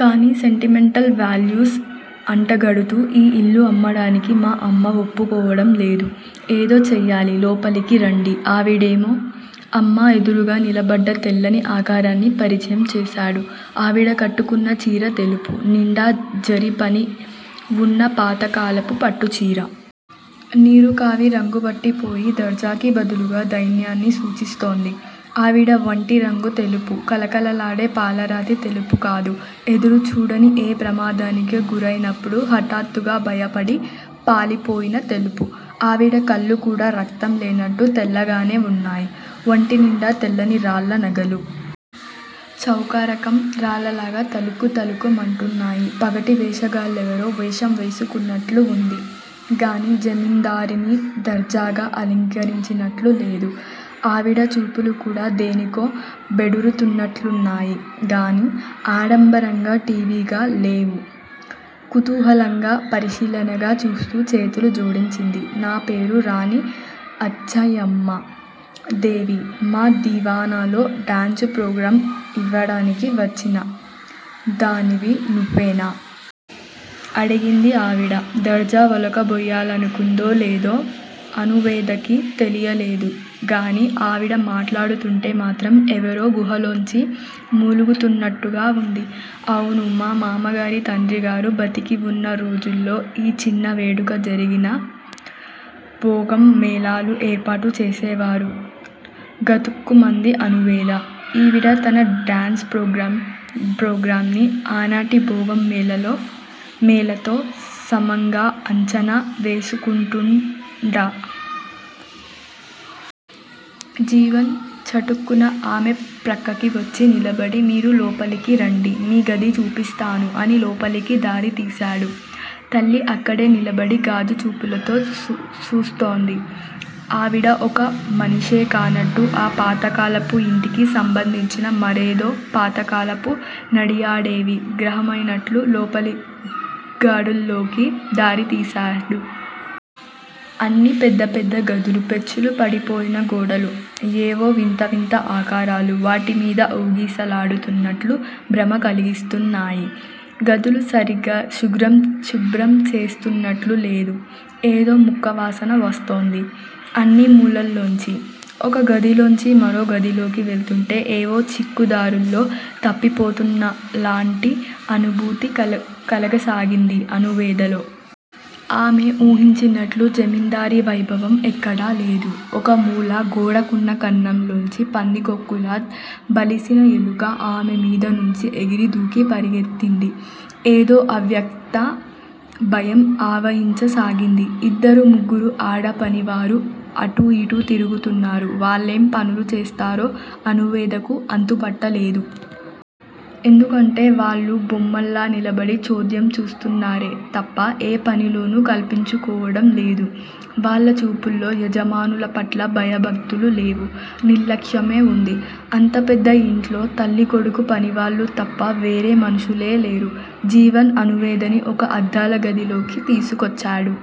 కాని sentimental values అంటగడుతూ ఈ ఇల్లు అమ్మడానికి మా అమ్మ వొప్పుకోవడం లేదు. ఏదో చెయ్యాలి లోపలికి రండి ఆవిడేమో అమ్మ ఎదురుగా నిలబడ్డ తెల్లని ఆకారాన్ని పరిచయం చేశాడు ఆవిడ కట్టుకున్న చీర తెలుపు. నిండా జరి పని వున్న పాతకాలపు పట్టు చీర. నిరుకావి రంగుపట్టి పోయి దర్జాకి బదులుగా దైన్యాన్ని సూచిస్తోంది. ఆవిడ వొంటి రంగు తెలుపు కళకళలాడే పాలరాతి తెలుపు కాదు. ఎదురుచూడని ఏ ప్రమాదానికో గురైనప్పుడు హటాత్తుగా భయపడి పాలిపోయిన తెలుపు ఆవిడ కళ్ళు కూడా రక్తం లేనట్టు తెల్లగానే వున్నాయి. వొంటి నిండా తెల్లని రాళ్ళ నగలు. చౌకరకం రాళ్ళలాగా తళుక్కు తళుక్కు మంటున్నాయి. పగటి వేషగాళ్ళేవరో వేషం వేసుకున్నట్లువుంది గానీ జమిందారిణి దర్జాగా అలంకరించుకున్నట్లు లేదు. ఆవిడ చూపులు కూడా దేనికో బెడురుతున్నట్లున్నాయి గాని, ఆడంబరంగా, ఠీవిగా లేవు కుతూహలంగా పరిశీలనగా చూస్తూ చేతులు జోడించింది. నాపేరు రాణి అచ్చయ్యమ్మా దేవి మా దివాణాలో డాన్సు ప్రోగ్రాం ఇవడానికి వచ్చిన దానివి నువేనా? అడిగింది ఆవిడ. దర్జా వోలకబోయ్యాలనుకుందో లేదో అణువేదకి తెలియలేదు గాని ఆవిడ మాట్లాడుతుంటే మాత్రం ఎవరో గుహలోంచి మూలుగుతున్నట్టుగా వుంది. అవును మా మామగారి తండ్రిగారు బతికి వున్న రోజుల్లో యి చిన్న వేడుక జరిగినా భోగం మేళాలు ఏర్పాటు చేసేవారు. గతుక్కుమంది అణువేద. ఈవిడ తన డాన్సు ప్రోగ్రాంని ఆనాటి బోగం మేళాలతో సమంగా అంచనా వేసుకుంటుండా? జీవన్ చటుక్కున ఆమె ప్రక్కకి వొచ్చి నిలబడి మీరు లోపలికి రండి మీ గది చూపిస్తాను అని లోపలికి దారి తీశాడు. తల్లి అక్కడే నిలబడి గాజు చూపులతో చూస్తోంది. ఆవిడ ఒకమనిషె కానట్టు ఆ పాతకాలపు యింటికి సంబంధించిన మరేదో పాతకాలపు నడియాడేవి గ్రహమైనట్లు లోపలిగాడుల్లోకి దారి తీశాడు. అన్నీ పెద్ద పెద్ద గదులు, పెచ్చులుడిపోయిన గోడలు యేవో వింత వింత ఆకారాలు వాటి మీద ఊగిసలాడుతున్నట్లు భ్రమ కలిగిస్తున్నాయి. గదులు సరిగా శుభ్రం చేస్తున్నట్లు లేదు. ఏదో ముక్కు వాసన వొస్తోంది అన్నీ ములల్లోంచి. ఒక గదిలోంచి మరో గదిలోకి వెళ్తుంటే ఏవో చిక్కు దారుల్లో తప్పిపోతున్నలాంటి అనుభూతి కలగాసాగింది అణువేదలో. ఆమె ఊహించినట్లు జమిందారీ వైభవం ఎక్కడా లేదు. ఒక మూల గోడ కున్న కన్నంలోంచి పందికోక్కులా బలిసిన ఎలుక ఆమె మీద నుంచి ఎగిరి దూకి పరిగెత్తింది. ఏదో అవ్యక్త భయం ఆవహించసాగింది. ఇద్దరు ముగ్గురూ అడపనివారు అటూ ఇటూ తిరుగుతున్నారు వాళ్ళెం పనులు చేస్తారో అణువేదకు అంతుపట్టలేదు. ఎందుకంటే వాళ్ళు బొమ్మల్లా నిలబడి చోద్యం చూస్తున్నారే తప్ప ఏ పనిలోనూ కల్పించుకోవడం లేదు. వాళ్ళ చూపుల్లో యజమానుల పట్ల భయభక్తులు లేవు. నిర్లక్ష్యమే వుంది. అంత పెద్ద యింట్లో తల్లి కొడుకు పనివాళ్ళు తప్ప వేరే మనుషులే లేరు. జీవన్ అణువేదని ఒక అద్దాల గదిలోకి తీసుకొచ్చాడు.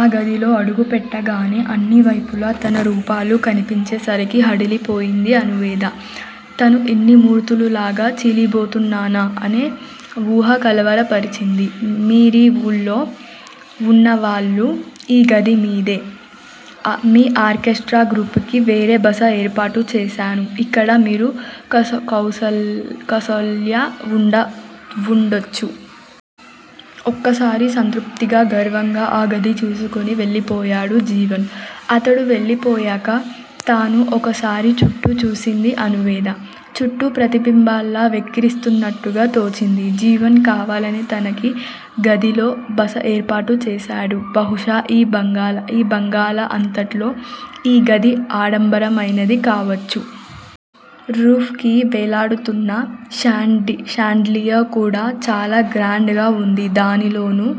ఆ గదిలో అడుగు పెట్టగానే అన్నీ వైపులా తన రూపాలు కనిపించే సరికి హడలిపోయింది అణువేద. తను ఇన్ని మూర్తులుగా చిలీపోబోతున్నానా- అనే వూహ కలవరపరిచింది. మీరి వూళ్ళో వున్నన్నాళ్ళు ఈ గది మీదే. మీ ఆర్కెస్ట్రా గ్రూపుకి వేరే బస ఏర్పాటు చేశాను. ఇక్కడ మీరు కౌసల్య వుండొచ్చు. ఒక్కసారి సంతృప్తిగా గర్వంగా ఆ గది చూసుకొని వెళ్లిపోయాడు జీవన్. అతడు వెళ్ళిపోయాక తనూ ఒకసారి చుట్టూ చూసింది అణువేద. చుట్టూ ప్రతిబింబాలు వెక్కిరిస్తున్నట్టుగా తోచింది. జీవన్ కావాలనే తనకి గదిలో బస యేర్పాటు చేశాడు. బహుశా యీ బంగాళా అంతట్లో యీ గది ఆడంబరమైనది కావచ్చు. రూఫ్ కి వెళ్ళాడుతున్న షాండ్లియర్ కూడా చాలా గ్రాండ్ గా వుంది. దానిలోనూ